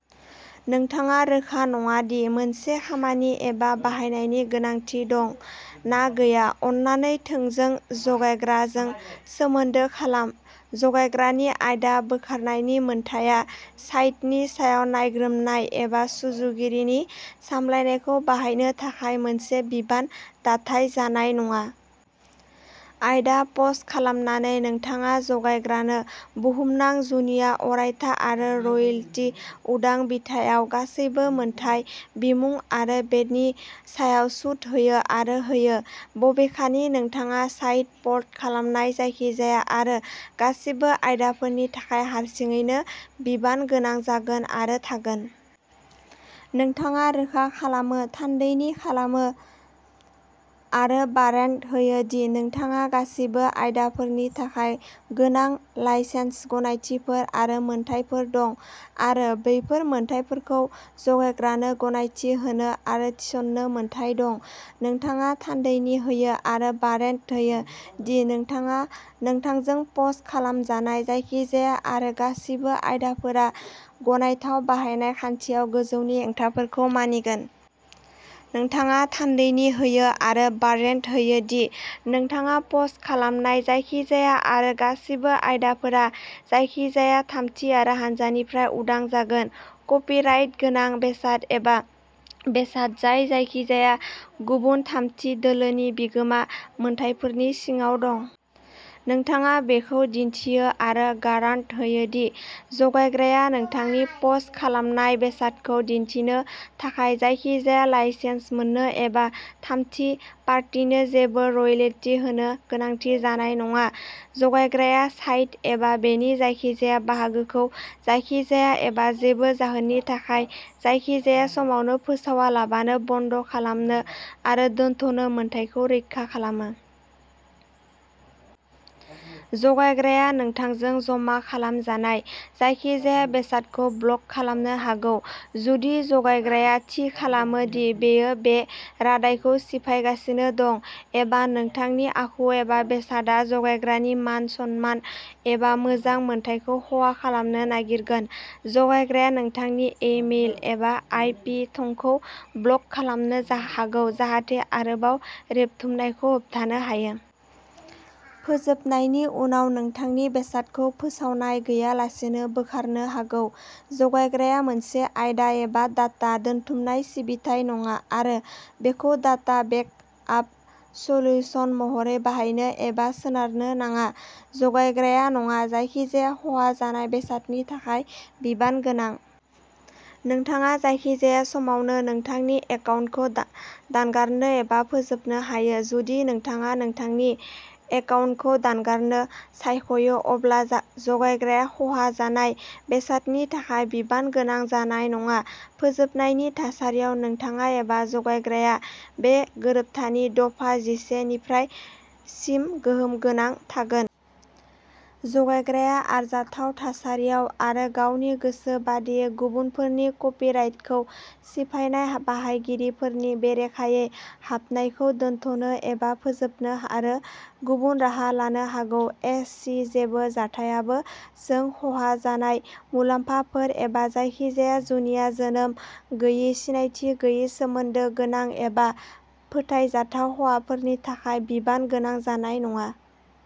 नोंथाङा रोखा नङा दि मोनसे खामानि एबा बाहायनायनि गनायथि दं ना गैया, अन्नानै थोंजों जगायग्राजों सोमोन्दो खालाम। जगायग्रानि आयदा बोखारनायनि मोन्थाइआ साइटनि सायाव नायग्रोमनाय एबा सुजुगिरिनि सामलायनायखौ बाहायनो थाखाय मोनसे बिबान दाथाय जानाय नङा। आयदा पस्ट खालामनानै, नोंथाङा जगायग्रानो बुहुमनां, जुनिया, अरायथा आरो रयेल्टी उदां बिथायाव गासैबो मोनथाय, बिमुं आरो बेनि सायाव सुद होयो आरो होयो। बबेखानि, नोंथाङा साइटआव पस्ट खालामनाय जायखिजाया आरो गासिबो आयदाफोरनि थाखाय हारसिङैनो बिबान गोनां जागोन आरो थागोन। नोंथाङा रोखा खालामो, थान्दैथि खालामो आरो वारेन्ट होयो दि नोंथाङा गासिबो आयदाफोरनि थाखाय गोनां लाइसेन्स, गनायथिफोर आरो मोनथायफोर दं आरो बैफोर मोनथायफोरखौ जगायग्रानो गनायथि होनो आरो थिसन्नो मोन्थाइ दं। नोंथाङा थान्दैथि होयो आरो वारेन्ट होयो दि नोंथांजों पस्ट खालामजानाय जायखिजाया आरो गासिबो आयदाफोरा गनायथाव बाहायनाय खान्थियाव गोजौनि हेंथाफोरखौ मानिगोन। नोंथाङा थान्दैथि होयो आरो वारेन्ट होयो दि नोंथाङा पस्ट खालामनाय जायखिजाया आरो गासिबो आयदाफोरा जायखिजाया थामथि हानजानिफ्राय उदां जागोन। कपिराइट गोनां बेसाद एबा बेसाद जाय जायखिजाया गुबुन थामथि दोलोनि बिगोमा मोनथायफोरनि सिङाव दं। नोंथाङा बेखौ दिन्थियो आरो गारान्ट होयो दि जगायग्राया नोंथांनि पस्ट खालामनाय बेसादखौ दिन्थिनो थाखाय जायखिजाया लाइसेन्स मोननो एबा थामथि पार्टिनो जेबो रयेल्टी होनो गोनांथि जानाय नङा। जगायग्राया साइट, एबा बेनि जायखिजाया बाहागोखौ जायखिजाया एबा जेबो जाहोननि थाखाय, जायखिजाया समावनो, फोसावालाबानो बन्द खालामनो आरो दोनथ'नो मोन्थाइखौ रैखा खालामो। जगायग्राया नोंथांजों जमा खालामजानाय जायखिजाया बेसादखौ ब्लक खालामनो हागौ जुदि जगायग्राया थि खालामो दि बेयो बे रादायखौ सिफायगासिनो दं एबा नोंथांनि आखु एबा बेसादआ जगायग्रानि मान-सन्मान एबा मोजां मोनथायखौ खहा खालामनो नागिरगोन। जगायग्राया नोंथांनि इ मेल एबा आइ पि थंखौ ब्लक खालामनो हागौ जाहाथे आरोबाव रेबथुमनायखौ होबथानो हायो। फोजोबनायनि उनाव, नोंथांनि बेसादखौ फोसावनाय गैयालासेनो बोखारनो हागौ। जगायग्राया मोनसे आयदा एबा डाटा दोनथुमनाय सिबिथाइ नङा आरो बेखौ डाटा बेकआप सल्युशन महरै बाहायनो एबा सोनारनो नाङा। जगायग्राया नङा। जायखिजाया खहा जानाय बेसादनि थाखाय बिबान गोनां। नोंथाङा जायखिजाया समावनो नोंथांनि एकाउन्टखौ दानगारनो एबा फोजोबनो हायो। जुदि नोंथाङा नोंथांनि एकाउन्टखौ दानगारनो सायख'यो, अब्ला जगायग्राया खहा जानाय बेसादनि थाखाय बिबान गोनां जानाय नङा। फोजोबनायनि थासारियाव, नोंथाङा एबा जगायग्राया, बे गोरोबथानि दफा जिसे निफ्राय सिम गोहोम गोनां थागोन। जगायग्राया, आरजाथाव थासारियाव आरो गावनि गोसो बादियै, गुबुनफोरनि कपिराइटखौ सिफायनाय बाहायगिरिफोरनि बेरेखायै हाबनायखौ दोनथ'नो एबा फोजोबनो आरो गुबुन राहा लानो हागौ। एस सि जेबो जाथायावबो जों खहा जानाय मुलाम्फाफोर एबा जायखिजाया जुनिया, जोनोम गैयै, सिनायथि गैयै, सोमोन्दो गोनां एबा फोथायजाथाव खहाफोरनि थाखाय बिबान गोनां जानाय नङा।